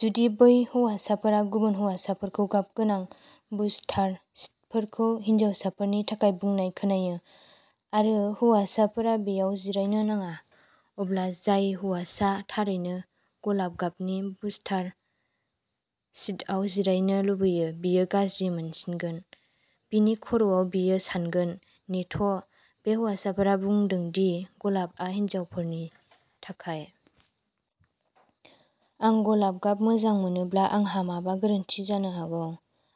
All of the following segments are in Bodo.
जुदि बै हौवासाफोरा गुबुन हौवासाफोरखौ गाबगोनां बुस्टार सिटफोरखौ हिनजावसाफोरनि थाखाय बुंनाय खोनायो आरो हौवासाफोरा बेयाव जिरायनो नाङा। अब्ला जाय हौवासाआ थारैनो गलाब गाबनि बुस्टार सिटआव जिरायनो लुबैयो बियो गाज्रि मोनसिगोन। बिनि खर'आव बियो सानगोन नेथ' बे हौवासाफोरा बुंदों दि गलाबआ हिनजावसाफोरनि थाखाय। आं गलाब गाब मोजां मोनोब्ला आंहा माबा गोरोन्थि जानो हागौ।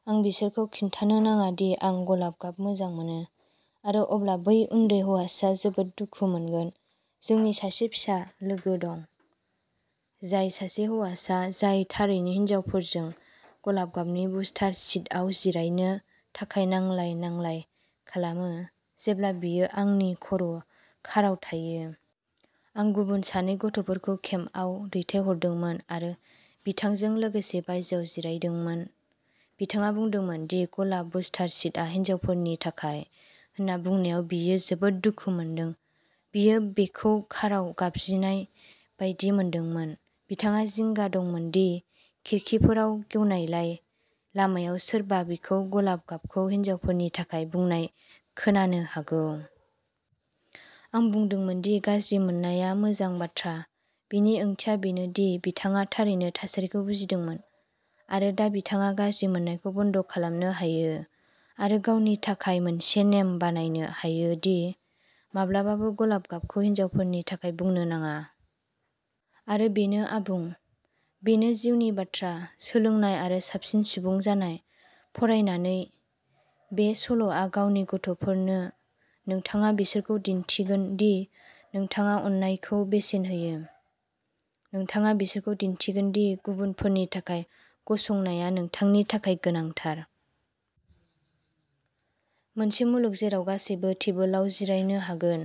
आं बिसोरखौ खिन्थानो नाङा दि आं गलाब गाब मोजां मोनो। आरो अब्ला बै उन्दै हौवासाआ जोबोद दुखु मोनगोन। जोंनि सासे फिसा लोगो दं, जाय सासे हौवासा जाय थारैनो हिनजावसाफोरजों गलाब गाबनि बुस्टार सिटआव जिरायनो थाखाय नांलाय-नांलाय खालामो जेब्ला बियो आंनि खर' काराव थायो। आं गुबुन सानै गथ'फोरखौ केम्पआव दैथायहरदोंमोन आरो बिथांजों लोगोसे बायजोआव जिरायदोंमोन। बिथाङा बुंदोंमोन दि गलाब बुस्टार सिटआ हिनजावफोरनि थाखाय होनना बुंनायाव बियो जोबोद दुखु मोनदों बियो बेखौ काराव गाबज्रिनाय बायदि मोनदोंमोन। बिथाङा जिंगा दंमोन दि खिरखिफोरा गेवनायलाय लामायाव सोरबा बिखौ गलाब गाबखौ हिनजावफोरनि थाखाय बुंनाय खोनानो हागौ। आं बुंदोंमोन दि गाज्रि मोननाया मोजां बाथ्रा बेनि ओंथिया बेनोदि बिथाङा थारैनो थासारिखौ बुजिदोंमोन आरो दा बिथाङा गाज्रि मोननायखौ बन्द'खालामनो हायो आरो गावनि थाखाय मोनसे नेम बानायनो हायो दि माब्लाबाबो गलाब गाबखौ हिनजावफोरनि थाखाय बुंनो नाङा। आरो बेनो आबुं बेनो जिउनि बाथ्रा सोलोंनाय आरो साबसिन सुबुं जानाय। फरायनानै बे सल'आ गावनि गथ'फोरनो नोंथाङा बिसोरखौ दिन्थिगोन दि नोंथाङा अननायखौ बेसेन होयो। नोंथाङा बिसोरखौ दिन्थिगोन दि गुबुनफोरनि थाखाय गसंनाया नोंथांनि थाखाय गोनांथार। मोनसे मुलुग जेराव गासैबो टेबोलाव जिरायनो हागोन।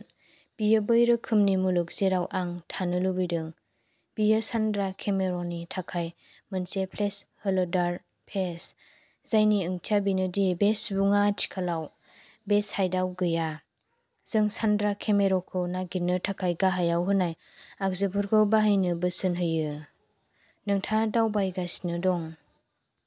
बेयो बै रोखोमनि मुलुग जेराव आं थानो लुबैदों। बेयो सान्द्रा केमेर'नि थाखाय मोनसे प्लेसहोल्डार पेज, जायनि ओंथिया बेनो दि बे सुबुङा आथिखालाव बे साइटआव गैया। जों सान्द्रा केमेर'खौ नागिरनो थाखाय गाहायाव होनाय आगजुफोरखौ बाहायनो बोसोन होयो। नोंथाङा दावबायगासिनो दं।